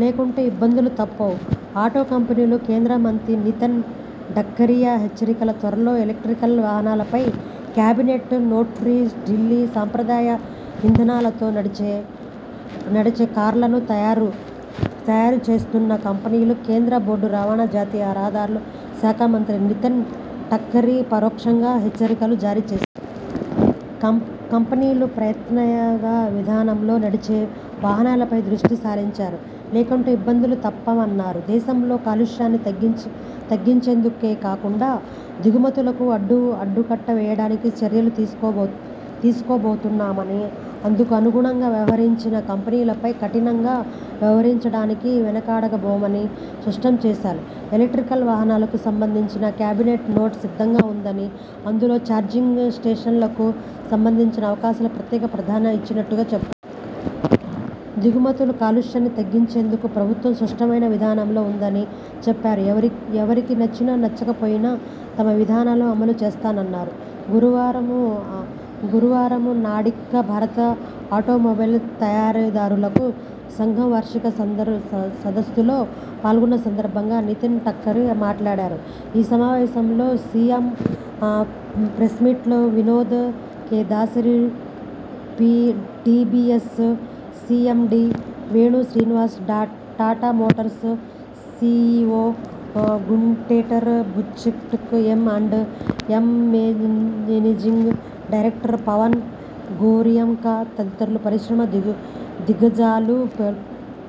లేకుంటే ఇబ్బందులు తప్పవ్ ఆటో కంపెనీలకు కేంద్ర మంత్రి నితిన్ గడ్కరీ హెచ్చరిక త్వరలో ఎలక్ర్టిక్ వాహనాలపై కేబినెట్ నోట్న్యూఢిల్లీ సాంప్రదాయ ఇంధనాలతో నడిచే కార్లను తయారు చేస్తున్న కంపెనీలకు కేంద్ర రోడ్డు రవాణా, జాతీయ రహదారుల శాఖ మంత్రి నితిన్ గడ్కరీ పరోక్షంగా హెచ్చరికలు జారీ చేశారు. కంపెనీలు ప్రత్యామ్నాయ ఇంధనంతో నడిచే వాహనాలపై దృష్టిసారించాలని, లేకుంటే ఇబ్బందులు తప్పవన్నారు. దేశంలో కాలుష్యాన్ని తగ్గించేందుకేకాకుండా దిగుమతులకు అడ్డుకట్టవేయడానికి చర్యలు తీసుకోబోతున్నామని, ఇందుకు అనుగుణంగా వ్యవహరించని కంపెనీలపై కఠినంగా వ్యవహరించడానికి వెనుకాడబోమని స్పష్టం చేశారు. ఎలక్ర్టిక్ వాహనాలకు సంబంధించిన కేబినెట్ నోట్ సిద్ధంగా ఉందని, ఇందులో చార్జింగ్ స్టేషన్లకు సంబంధించిన అంశాలకు ప్రత్యేక ప్రాధాన్యం ఇచ్చినట్టు చెప్పారు. దిగుమతులు, కాలుష్యాన్ని తగ్గించేందుకు ప్రభుత్వం స్పష్టమైన విధానంతో ఉందని చెప్పారు. ఎవరికి నచ్చినా నచ్చకపోయినా తమ విధానాలను అమలు చేస్తామన్నారు. గురువారంనాడిక్కడ భారత ఆటోమొబైల్ తయారీదారుల సంఘం వార్షిక సదస్సులో పాల్గొన్న సందర్భంగా నితిన్ గడ్కరీ మాట్లాడారు. ఈ సమావేశంలో SIAM president Vinod K Dasari, TVS CMD Venu Srinivasan, Tata motors CEO Gunter Butschek, M and M managing director Pawan Goenka తదితర పరిశ్రమ దిగ్గజాలు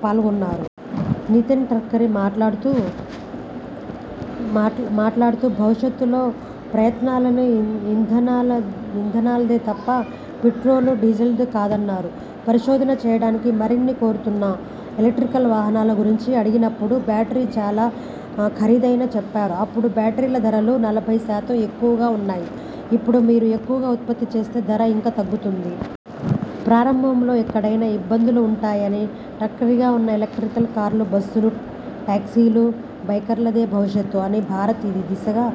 పాల్గొన్నారు. నితిన్ గడ్కరీ మాట్లాడుతూ భవిష్యత్ ప్రత్యామ్నాయ ఇంధనాలదేతప్ప పెట్రోల్, డీజిల్ది కాదన్నారు. ''పరిశోధన చేయండని మిమ్మల్ని కోరుతున్నా. ఎలక్ర్టిక్ వాహనాల గురించి అడిగినప్పుడు బ్యాటరీ చాలా ఖరీదైనదని చెప్పారు. ఇప్పుడు బ్యాటరీల ధరలు నలభై శాతం తక్కువగా ఉన్నాయి. ఇప్పుడు మీరు ఎక్కువగా ఉత్పత్తి చేస్తే ధర ఇంకా తగ్తుఉంది. ప్రారంభంలో ఎక్కడైనా ఇబ్బందులు ఉంటాయి'' అని గడ్కరీ అన్నారు. ఎలక్ర్టిక్ కార్లు, బస్సులు, టాక్సీలు, బైక్లదే భవిష్యత్ అని, భారత్ ఈ దిశగా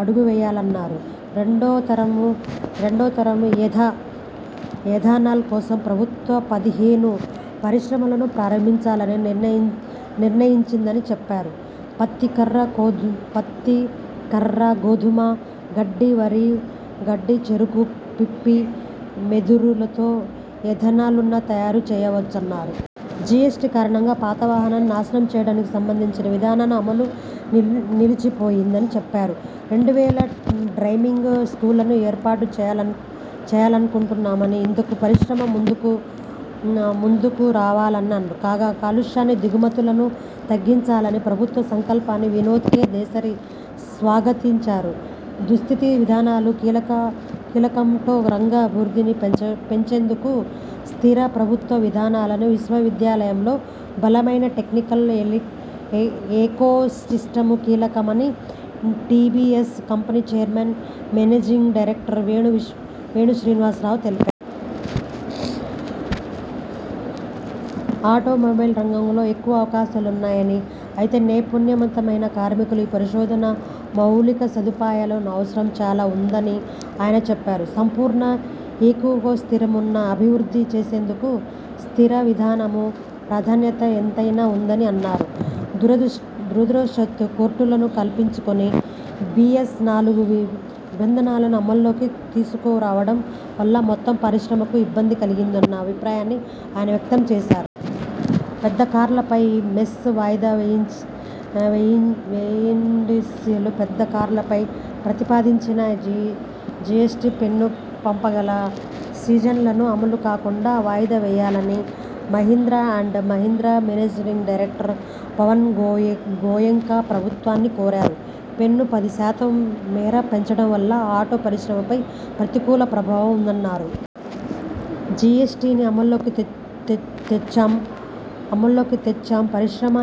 అడుగులువేయాలన్నారు. రెండోతరం ఎథనాల్ కోసం ప్రభుత్వం పదిహేను పరిశ్రమలను ప్రారంభించాలని నిర్ణయించిందని చెప్పారు. పత్తి కర్ర, గోధుమ గడ్డి, వరి గడ్డి, చెరకు పిప్పి, వెదురుతో ఎథనాల్ను తయారు చేయవచ్చన్నారు. జిఎస్టి కారణంగా పాత వాహనాల నాశనం చేయడానికి సంబంధించిన విధాన అమలు నిలిచిపోయిందని చెప్పారు. రెండు వేల డ్రైవింగ్ స్కూళ్లను ఏర్పాటు చేయాలనుకుంటున్నామని, ఇందుకు పరిశ్రమ ముందుకురావాలన్నారు. కాగా కాలుష్యాన్ని, దిగుమతులను తగ్గించాలన్న ప్రభుత్వం సంకల్పాన్ని వినోద్ కె దాసరి స్వాగతించారు. సుస్థిర విధానాలు కీలకంఆటో రంగ వృద్ధిని పెంచేందుకు సుస్థిర ప్రభుత్వ విధానాలు, విశ్వవిద్యాలయాల్లో బలమైన టెక్నికల్ ఏకోసిస్టమ్ కీలకమని TVS company chairman, managing director Venu Srinivasan తెలిపారు. ఆటో మొబైల్ రంగంలో ఎక్కువ అవకాశాలున్నాయని, అయితే నైపుణ్యవంతమైన కార్మికు లు, పరిశోధనా, మౌలికసదుపాయాల అవసరం చాలా ఉంద ని ఆయన చెప్పారు. సంపూర్ణ ఏకోసిస్టమ్ను అభివృద్ధి చేసేందుకు సుస్థిర విధానం ప్రాధాన్యత ఎంతైనా ఉందని అన్నారు. దురదృష్ణవశాత్తు కోర్టులు కల్పించుకుని బిఎస్-నాలుగు నిబంధనలను అమల్లోకి తీసుకురావడం వల్ల మొత్తం పరిశ్రమకు ఇబ్బంది కలిగిందన్న అభిప్రాయాన్ని ఆయన వ్యక్తం చేశారు. పెద్ద కార్లపై సెస్ వాయిదా వేయండిఎస్యువిలు, పెద్ద కార్లపై ప్రతిపాదించిన జిఎ్సటి సెస్ను పండగల సీజన్లో అమలుకాకుండా వాయిదా వేయాలని Mahindra and Mahindra managing director Pawan Goenka ప్రభుత్వాన్ని కోరారు. సెస్ను పది శాతం మేర పెంచడం వల్ల ఆటో పరిశ్రమపై ప్రతికూల ప్రభావం ఉంటుందన్నారు. ''జిఎ్సటిని అమల్లోకి తెచ్చాం. పరిశ్రమ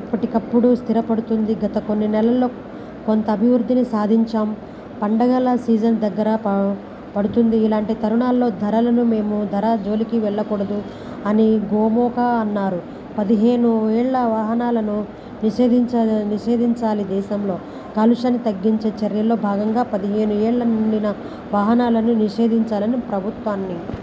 ఇప్పుడిప్పుడే స్థిరపడుతోంది. గత కొన్ని నెలల్లో కొంత వృద్ధిని సాధించాం. పండగల సీజన్ దగ్గర పడుతోంది. ఇలాంటి తరుణంలో ధరలను మేము ధరల జోలికి వెళ్లకూడదు'' అని గోయెంకా అన్నారు. పదిహేను ఏళ్ల వాహనాలను నిషేధించాలిదేశంలో కాలుష్యాన్ని తగ్గించే చర్యల్లో భాగంగా పదిహేను ఏళ్లు నిండిన వాహనాలను నిషేధించాలని ప్రభుత్వాన్ని